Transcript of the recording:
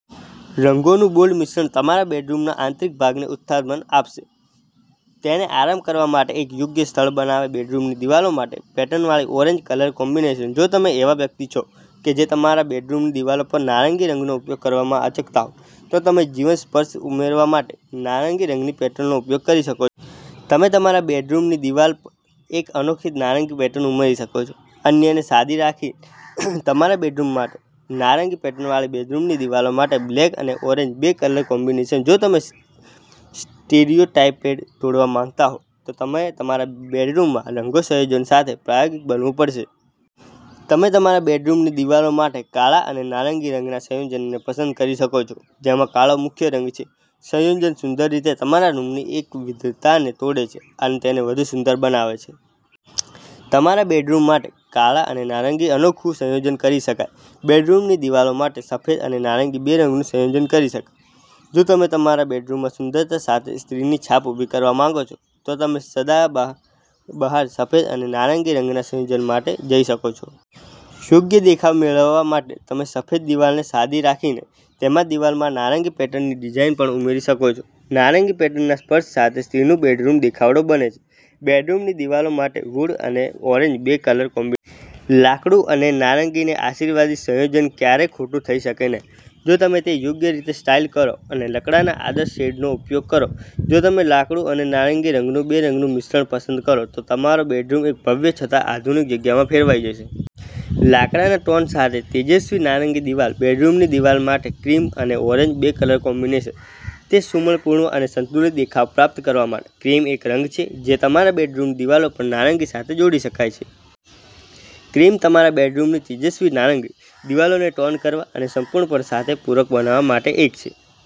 રંગોનું bold મિશ્રણ તમારા બેડરૂમના આંતરિક ભાગને ઉત્થાન આપશે, તેને આરામ કરવા માટે એક યોગ્ય સ્થળ બનાવે છે. બેડરૂમની દિવાલો માટે પેટર્નવાળી ઓરેન્જ કલર કોમ્બિનેશન. જો તમે એવા વ્યક્તિ છો કે જે તમારા બેડરૂમની દિવાલો પર નારંગી રંગનો ઉપયોગ કરવામાં અચકાતા હોય, તો તમે જીવંત સ્પર્શ ઉમેરવા માટે નારંગી રંગની પેટર્નનો ઉપયોગ કરી શકો છો. તમે તમારા બેડરૂમની એક દિવાલમાં એક અનોખી નારંગી પેટર્ન ઉમેરી શકો છો, અન્યને સાદી રાખીને. તમારા બેડરૂમ માટે નારંગી પેટર્નવાળી બેડરૂમની દિવાલો માટે બ્લેક અને ઓરેન્જ બે કલર કોમ્બિનેશન જો તમે સ્ટીરિયોટાઇપને તોડવા માંગતા હો, તો તમારે તમારા બેડરૂમના રંગ સંયોજનો સાથે પ્રાયોગિક બનવું પડશે. તમે તમારા બેડરૂમની દિવાલો માટે કાળા અને નારંગી રંગના સંયોજનને પસંદ કરી શકો છો, જેમાં કાળો મુખ્ય રંગ છે. સંયોજન સુંદર રીતે તમારા રૂમની એકવિધતાને તોડે છે અને તેને વધુ સુંદર બનાવે છે. તમારા બેડરૂમ માટે કાળા અને નારંગીનું અનોખું સંયોજન કરી શકાય. બેડરૂમની દિવાલો માટે સફેદ અને નારંગી બે રંગનું સંયોજન કરી શકાય. જો તમે તમારા બેડરૂમમાં સુંદરતા સાથે સ્ત્રીની છાપ ઉભી કરવા માંગો છો, તો તમે સદાબહાર સફેદ અને નારંગી રંગના સંયોજન માટે જઈ શકો છો. યોગ્ય દેખાવ મેળવવા માટે તમે સફેદ દિવાલોને સાદી રાખીને, તેમાં દિવાલમાં નારંગી પેટર્નની ડિઝાઇન પણ ઉમેરી શકો છો. નારંગી પેટર્નના સ્પર્શ સાથે સ્ત્રીનું બેડરૂમ દેખાવડો બને છે. બેડરૂમની દિવાલો માટે વુડ અને ઓરેન્જ બે કલર કોમ્બિનેશન. લાકડું અને નારંગીનું આશીર્વાદિત સંયોજન ક્યારેય ખોટું થઈ શકે નહિ, જો તમે તેને યોગ્ય રીતે સ્ટાઈલ કરો અને લાકડાના આદર્શ શેડનો ઉપયોગ કરો. જો તમે લાકડું અને નારંગી રંગનું બે રંગનું મિશ્રણ પસંદ કરો તો તમારો બેડરૂમ એક ભવ્ય છતાં આધુનિક જગ્યામાં ફેરવાઈ જશે. લાકડાના ટોન સાથે તેજસ્વી નારંગી દિવાલ, બેડરૂમની દિવાલો માટે ક્રીમ અને ઓરેન્જ બે કલર કોમ્બિનેશન. તે સુમેળપૂર્ણ અને સંતુલિત દેખાવ પ્રાપ્ત કરવા માટે, ક્રીમ એક રંગ છે જે તમારા બેડરૂમની દિવાલો પર નારંગી સાથે જોડી શકાય છે. ક્રીમ તમારા બેડરૂમની તેજસ્વી નારંગી દિવાલોને ટોન કરવા અને સંપૂર્ણતા સાથે પૂરક બનાવવા માટે એક